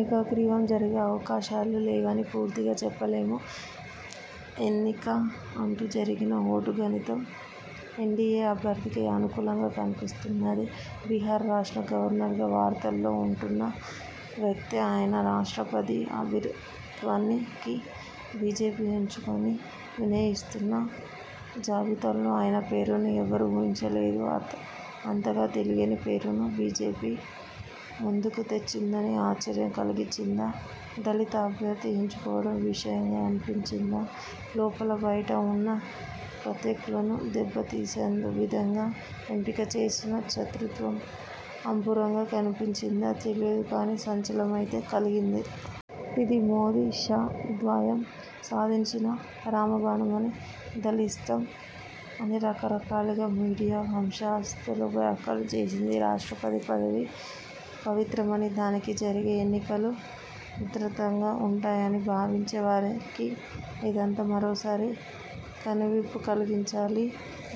ఏకగ్రీవం జరిగే అవకాశాలు లేవని పూర్తిగా చెప్పలేము, ఎన్నిక అంటూ జరిగినా ఓట్ల గణితం ఎన్డీఏ అభ్యర్థికే అనుకూలంగా కనిపిస్తున్నది. బిహార్ రాష్ట్ర గవర్నర్గా వార్తలలో ఉంటున్న వ్యక్తే అయినా, రాష్ట్రపతి అభ్యర్థిత్వానికి బీజేపీనుంచి వినిపిస్తున్న జాబితాలో ఆయన పేరును ఎవరూ ఊహించలేదు. అంతగా తెలియని పేరును బీజేపీ ముందుకు తెచ్చిందన్నది ఆశ్చర్యం కలిగించిందా, దళిత అభ్యర్థిని ఎంచుకోవడం విశేషంగా అనిపించిందా, లోపలా బయటా ఉన్న ప్రత్యర్థులను దెబ్బతీసేవిధంగా ఎంపిక చేసిన చాతుర్యం అబ్బురంగా కనిపించిందా– తెలియదు కానీ, సంచలనమైతే కలిగింది. ఇది మోదీ–షా ద్వయం సంధించిన రామబాణమని, దళితాస్త్రం అని రకరకాలుగా మీడియా ప్రశంసాయుత వ్యాఖ్యలు చేసింది. రాష్ట్రపతి పదవి పవిత్రమని, దానికి జరిగే ఎన్నికలు ఉదాత్తంగా ఉంటాయని భ్రమించే వారికి ఇదంతా మరోసారి కనువిప్పు కలిగించాలి.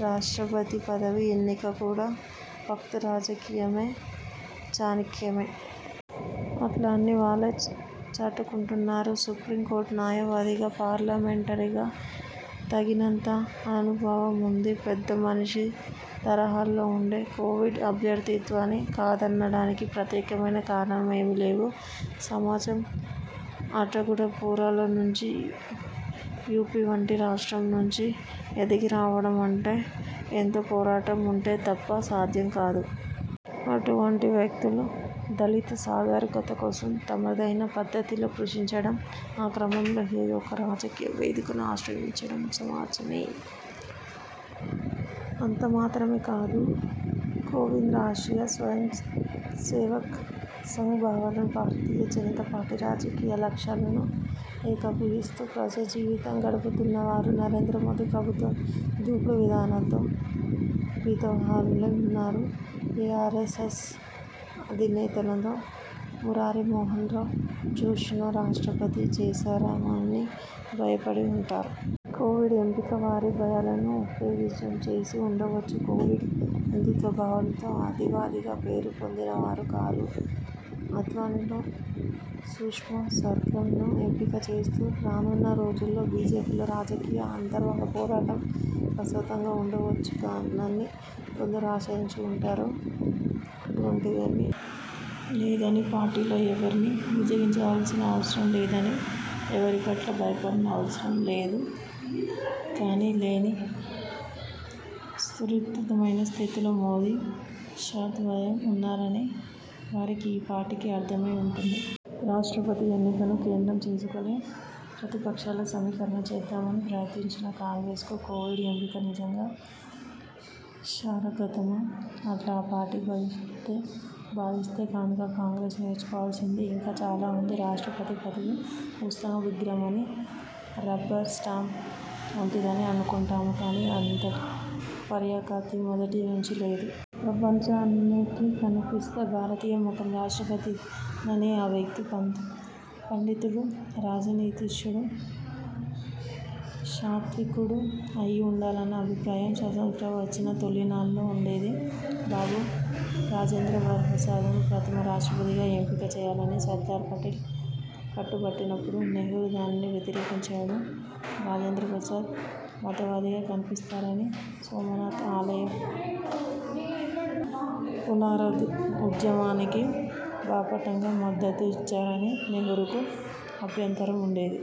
రాష్ట్రపతి పదవి ఎన్నిక కూడా ఫక్తు రాజకీయమే, చాణక్యమే. అట్లా అని వాళ్లే చాటుకుంటున్నారు. సుప్రీంకోర్టు న్యాయవాదిగా, పార్లమెంటేరియన్గా తగినంత అనుభవం ఉండి, పెద్దమనిషి తరహాలో ఉండే కోవింద్ అభ్యర్థిత్వాన్ని కాదనడానికి ప్రత్యేకమైన కారణాలేమీలేవు. సమాజం అట్టడుగు పొరల నుంచి యూపీ వంటి రాష్ట్రం నుంచి ఎదిగి రావడం అంటే ఎంతో పోరాటం ఉంటే తప్ప సాధ్యం కాదు. అటువంటి వ్యక్తులు, దళిత సాధికారత కోసం తమదైన పద్ధతిలో కృషిచేయడం, ఆ క్రమంలో ఏదో ఒక రాజకీయ వేదికను ఆశ్రయించడం సహజమే. అంతమాత్రమే కాదు, కోవింద్ రాష్ర్టీయ స్వయంసేవక్ సంఘ్ భావాలను, భారతీయ జనతాపార్టీ రాజకీయ లక్ష్యాలను ఏకీభవిస్తూ ప్రజాజీవితం గడుపుతున్నవారు. నరేంద్రమోదీ ప్రభుత్వం దూకుడు విధానాలతో భీతావహులై ఉన్నవారు ఏ ఆర్ఎస్ఎస్ అధినేతనో, మురళీమనోహర్ జోషినో రాష్ట్రపతిని చేస్తారేమోనని భయపడి ఉంటారు. కోవింద్ ఎంపిక వారి భయాలను ఉపశమింపజేసి ఉండవచ్చు. కోవింద్ హిందూత్వ భావాలలో అతివాదిగా పేరుపొందినవారు కారు. ఆడ్వాణీనో సుష్మా స్వరాజ్నో ఎంపిక చేస్తే, రానున్న రోజులలో బీజేపీలో రాజకీయ అంతర్గత పోరాటం రసవత్తరంగా ఉండవచ్చునని కొందరు ఆశించి ఉంటారు. అటువంటిదేమీ లేదని, పార్టీలో ఎవరినీ బుజ్జగించవలసిన అవసరంకానీ, ఎవరిపట్లా భయపడవలసిన అవసరం కానీ లేని సుస్థిరమైన స్థితిలో మోదీ–షా ద్వయం ఉన్నారని వారికి ఈ పాటికి అర్థమై ఉంటుంది. రాష్ట్రపతి ఎన్నికను కేంద్రం చేసుకుని ప్రతిపక్షాల సమీకరణ చేద్దామని ప్రయత్నించిన కాంగ్రెస్కు– కోవింద్ ఎంపిక నిజంగా శరాఘాతమా? అట్లా ఆ పార్టీ భావిస్తే కనుక, కాంగ్రెస్ నేర్చుకోవలసింది ఇంకా చాలా ఉన్నది. రాష్ట్రపతి పదవి ఉత్సవ విగ్రహమని, రబ్బర్ స్టాంప్ వంటిదని అనుకుంటాము కానీ, అంతటి అపఖ్యాతి మొదటి నుంచి లేదు. ప్రపంచానికి కనిపించే భారతీయ ముఖం రాష్ట్రపతిదేనని, ఆ వ్యక్తి పండితుడు, రాజనీతిజ్ఞుడు, సాత్వికుడు అయి ఉండాలన్న అభిప్రాయం స్వాతంత్య్రం వచ్చిన తొలినాళ్లలో ఉండేది. బాబూ రాజేంద్రప్రసాద్ను ప్రథమ రాష్ట్రపతిగా ఎంపిక చేయాలని సర్దార్పటేల్ పట్టుపట్టినప్పుడు, నెహ్రూ దానిని వ్యతిరేకించాడు. రాజేంద్రప్రసాద్ మతవాదిగా కనిపిస్తారని, సోమనాథ్ ఆలయ పునరుద్ధరణఉద్యమానికి బాహాటంగా మద్దతు ఇచ్చారని నెహ్రూకు అభ్యంతరం ఉండేది.